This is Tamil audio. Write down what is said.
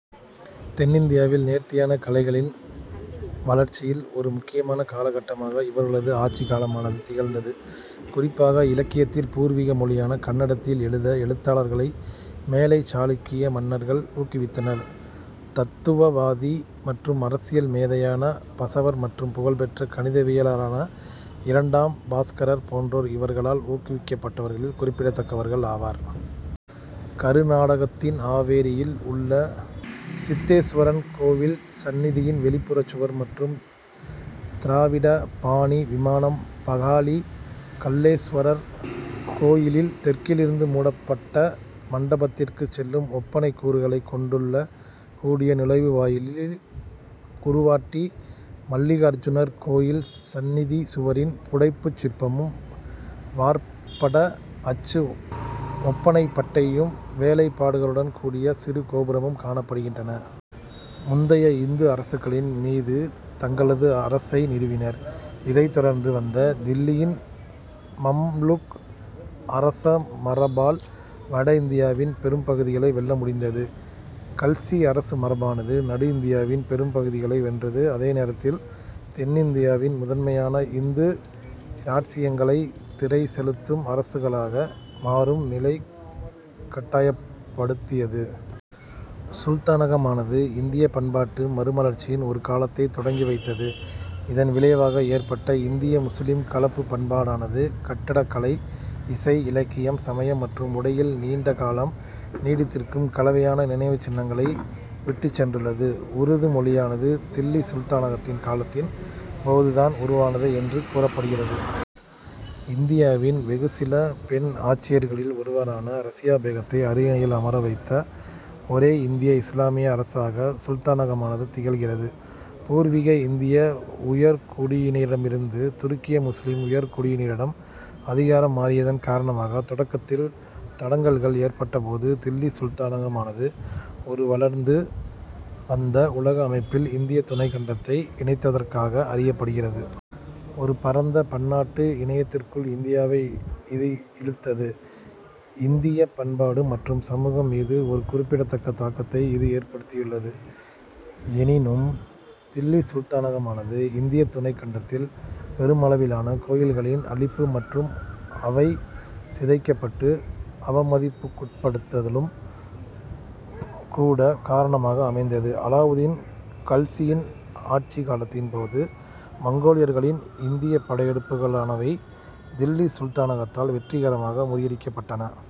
தென்னிந்தியாவில் நேர்த்தியான கலைகளின் வளர்ச்சியில் ஒரு முக்கியமான காலகட்டமாக இவர்களது ஆட்சிக் காலமானது திகழ்ந்தது. குறிப்பாக இலக்கியத்தில், பூர்வீக மொழியான கன்னடத்தில் எழுத எழுத்தாளர்களை மேலைச் சாளுக்கிய மன்னர்கள் ஊக்குவித்தனர். தத்துவவாதி மற்றும் அரசியல் மேதையான பசவர் மற்றும் புகழ்பெற்ற கணிதவியலாளரான இரண்டாம் பாஸ்கரர் போன்றோர் இவர்களால் ஊக்குவிக்கப்பட்டவர்களில் குறிப்பிடத்தக்கவர்கள் ஆவர். கருநாடகத்தின் ஆவேரியில் உள்ள சித்தேசுவரன் கோயில் சன்னிதியின் வெளிப்புற சுவர் மற்றும் "திராவிட" பாணி விமானம் பகாலி கல்லேசுவரர் கோயிலில் தெற்கிலிருந்து மூடப்பட்ட மண்டபத்திற்குச் செல்லும் ஒப்பனைக் கூறுகளைக் கொண்டுள்ள கூடிய நுழைவு வாயில் குருவட்டி மல்லிகார்ஜுனர் கோயில் சன்னிதி சுவரின் புடைப்புச் சிற்பமும், வார்ப்பட அச்சு ஒப்பனைப் பட்டையும், வேலைப்பாடுகளுடன் கூடிய சிறு கோபுரமும் காணப்படுகின்றன. முந்தைய இந்து அரசுகளின் மீது தங்களது அரசை நிறுவினர். இதைத் தொடர்ந்து வந்த தில்லியின் மம்லூக் அரசமரபால் வட இந்தியாவின் பெரும் பகுதிகளை வெல்ல முடிந்தது. கல்சி அரசமரபானது நடு இந்தியாவின் பெரும் பகுதிகளை வென்றது. அதே நேரத்தில், தென்னிந்தியாவின் முதன்மையான இந்து இராச்சியங்களை திறை செலுத்தும் அரசுகளாக மாறும் நிலைக்குக் கட்டாயப்படுத்தியது. சுல்தானகமானது இந்தியப் பண்பாட்டு மறுமலர்ச்சியின் ஒரு காலத்தைத் தொடங்கி வைத்தது. இதன் விளைவாக ஏற்பட்ட "இந்திய-முசுலிம்" கலப்புப் பண்பாடானது கட்டடக்கலை, இசை, இலக்கியம், சமயம் மற்றும் உடையில் நீண்ட காலம் நீடித்திருக்கும் கலவையான நினைவுச் சின்னங்களை விட்டுச் சென்றுள்ளது. உருது மொழியானது தில்லி சுல்தானகத்தின் காலத்தின் போது தான் உருவானது என்று கூறப்படுகிறது. இந்தியாவின் வெகு சில பெண் ஆட்சியாளர்களில் ஒருவரான ரசியா பேகத்தை அரியணையில் அமர வைத்த ஒரே இந்திய இசுலாமிய அரசாக சுல்தானகமானது திகழ்கிறது. பூர்வீக இந்திய உயர்குடியினரிடமிருந்து துருக்கிய முசுலிம் உயர்குடியினரிடம் அதிகாரம் மாறியதன் காரணமாக தொடக்கத்தில் தடங்கல்கள் ஏற்பட்ட போதும் தில்லி சுல்தானகமானது ஒரு வளர்ந்து வந்த உலக அமைப்பில் இந்திய துணைக் கண்டத்தை இணைத்ததற்காக அறியப்படுகிறது. ஒரு பரந்த பன்னாட்டு இணையத்திற்குள் இந்தியாவை இது இழுத்தது. இந்தியப் பண்பாடு மற்றும் சமூகம் மீது ஒரு குறிப்பிடத்தக்க தாக்கத்தை இது ஏற்படுத்தியுள்ளது. எனினும், தில்லி சுல்தானகமானது இந்திய துணைக்கண்டத்தில் பெருமளவிலான கோயில்களின் அழிப்பு மற்றும் அவை சிதைக்கப்பட்டு அவமதிக்கப்படுதலுக்கும் கூட காரணமாக அமைந்தது. அலாவுதீன் கல்சியின் ஆட்சிக் காலத்தின் போது மங்கோலியர்களின் இந்தியப் படையெடுப்புகளானவை தில்லி சுல்தானகத்தால் வெற்றிகரமாக முறியடிக்கப்பட்டன.